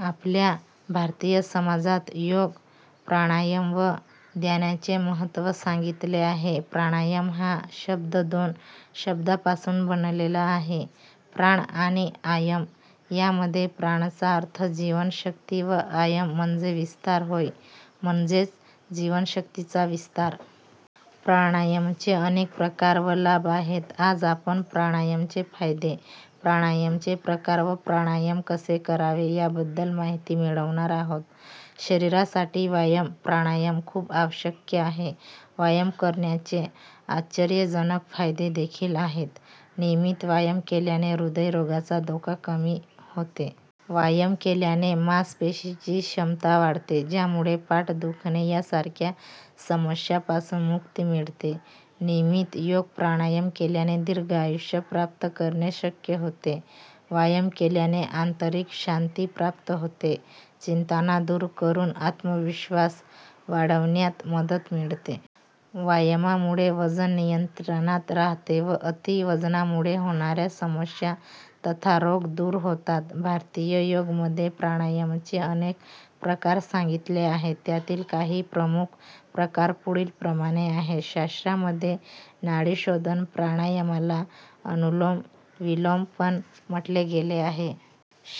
आपल्या भारतीय समाजात योग प्राणायाम व ध्यानाचे महत्त्व सांगितले आहे. प्राणायाम हा शब्द दोन शब्दापासून बनलेला आहे प्राण आणि आयम या मध्ये प्राण चा अर्थ जीवन शक्ती व आयाम म्हणजे विस्तार होय. म्हणजेच जीवन शक्तीचा विस्तार. प्राणायामाचे अनेक प्रकार व लाभ आहेत. आज आपण प्राणायामाचे फायदे, प्राणायामाचे प्रकार व प्राणायाम कसे करावे याबद्दल माहिती मिळवणार आहोत. शरीरासाठी व्यायाम, प्राणायाम खूप आवश्यक आहे व्यायाम करण्याचे आश्चर्यजनक फायदे देखील आहेत. नियमित व्यायाम केल्याने हृदय रोगाचा धोका कमी होते. व्यायाम केल्याने मास पेशींची क्षमता वाढते ज्यामुळे पाठ दुखणे या सारख्या समस्या पासून मुक्ती मिळते. नियमित योग प्राणायाम केल्याने दीर्घ आयुष्य प्राप्त करणे शक्य होते. व्यायाम केल्याने आंतरिक शांती प्राप्त होते, चिंताना दूर करून आत्मविश्वास वाढविण्यात मदत मिळते. व्यायामामुळे वजन नियंत्रणात राहते व अति वजनामुळे होणाऱ्या समस्या तथा रोग दूर होतात. भारतीय योगमध्ये प्राणायमचे अनेक प्रकार सांगितले आहेत, त्यातील काही प्रमुख प्रकार पुढील प्रमाणे आहेत. शास्त्रामध्ये नाड़ीशोधन प्राणायामला अनुलोम विलोम पण म्हटले गेले आहे.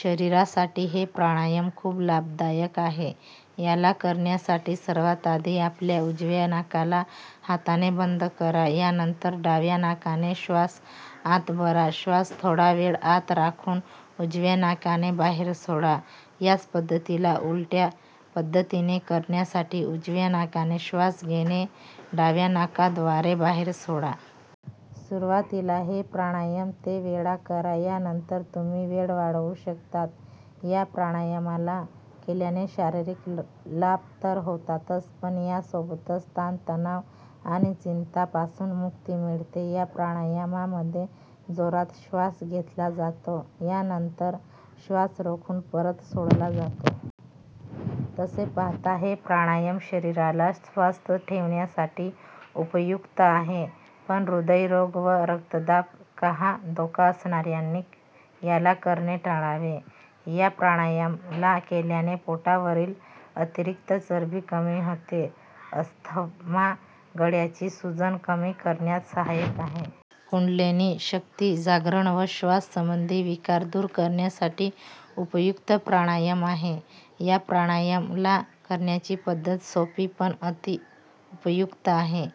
शरीरासाठी हे प्राणायाम खूप लाभदायक आहे. याला करण्यासाठी सर्वात आधी आपल्या उजव्या नाकाला हाताने बंद करा, या नंतर डाव्या नाकाने श्वास आत भरा. श्वास थोडा वेळ आत रोखून उजव्या नाकाने बाहेर सोडा. याच पद्धतीला उलट्या पद्धतीने करण्यासाठी उजव्या नाकाने श्वास घेऊन डाव्या नाकाद्वारे बाहेर सोडा. सुरुवातीला हे प्राणायाम ते वेळा करा या नंतर तुम्ही वेळ वाढवू शकतात. ह्या प्राणायाम ला केल्याने शारीरिक लाभ तर होतातच पण या सोबतच ताण तनाव आणि चिंता पासून मुक्ती मिळते. या प्राणायमामध्ये जोरात श्वास घेतला जातो या नंतर श्वास रोखून परत सोडला जातो. तसे पाहता हे प्राणायाम शरीराला स्वस्थ ठेवण्यासाठी उपयुक्त आहे पण हृदय रोग व रक्तदाब कहा धोका असणाऱ्यानी याला करणे टाळावे. ह्या प्राणायाम ला केल्याने पोटावरील अतिरिक्त चरबी कमी होते. अस्थमा, गळ्याची सुजन कमी करण्यात सहायक आहे. कुंडलिनी शक्ति जागरण व श्वास संबंधी विकार दूर करण्यासाठी उपयुक्त प्राणायाम आहे. या प्राणायाम ला करण्याची पद्धत सोपी पण अति उपयुक्त आहे.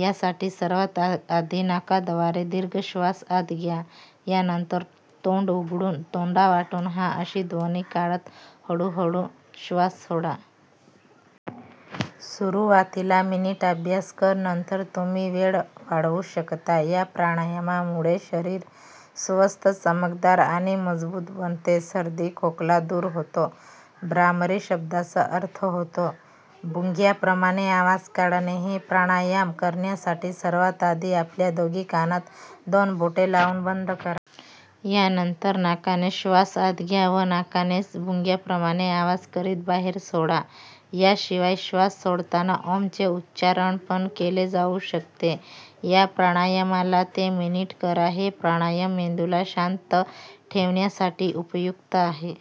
या साठी सर्वात आधी नाकाद्वारे दीर्घ श्वास आत घ्या. या नंतर तोंड उघडून तोंडावाटून 'हा' अशी ध्वनि काढत हळू हळू श्वास सोडा. सुरुवातीला मिनिट अभ्यास कर नंतर तुम्ही वेळ वाढवू शकता. या प्रणायमामुळे शरीर स्वस्थ, चमकदार आणि मजबूत बनते. सर्दी खोकला दूर होतो. भ्रामरी शब्दाचा अर्थ होतो भुंगयाप्रमाणे आवाज काढणे. हे प्राणायाम करण्यासाठी सर्वात आधी आपल्या दोघी कानात दोन बोटे लाऊन बंद करा. या नंतर नाकाने श्वास आत घ्या व नाकानेच भुंगयाप्रमाणे आवाज करीत बाहेर सोडा. या शिवाय श्वास सोडताना ओम चे उच्चारण पण केले जाऊ शकते. या प्राणायामला ते मिनिट करा. हे प्राणायाम मेंदूला शांत ठेवण्यासाठी उपयुक्त आहे.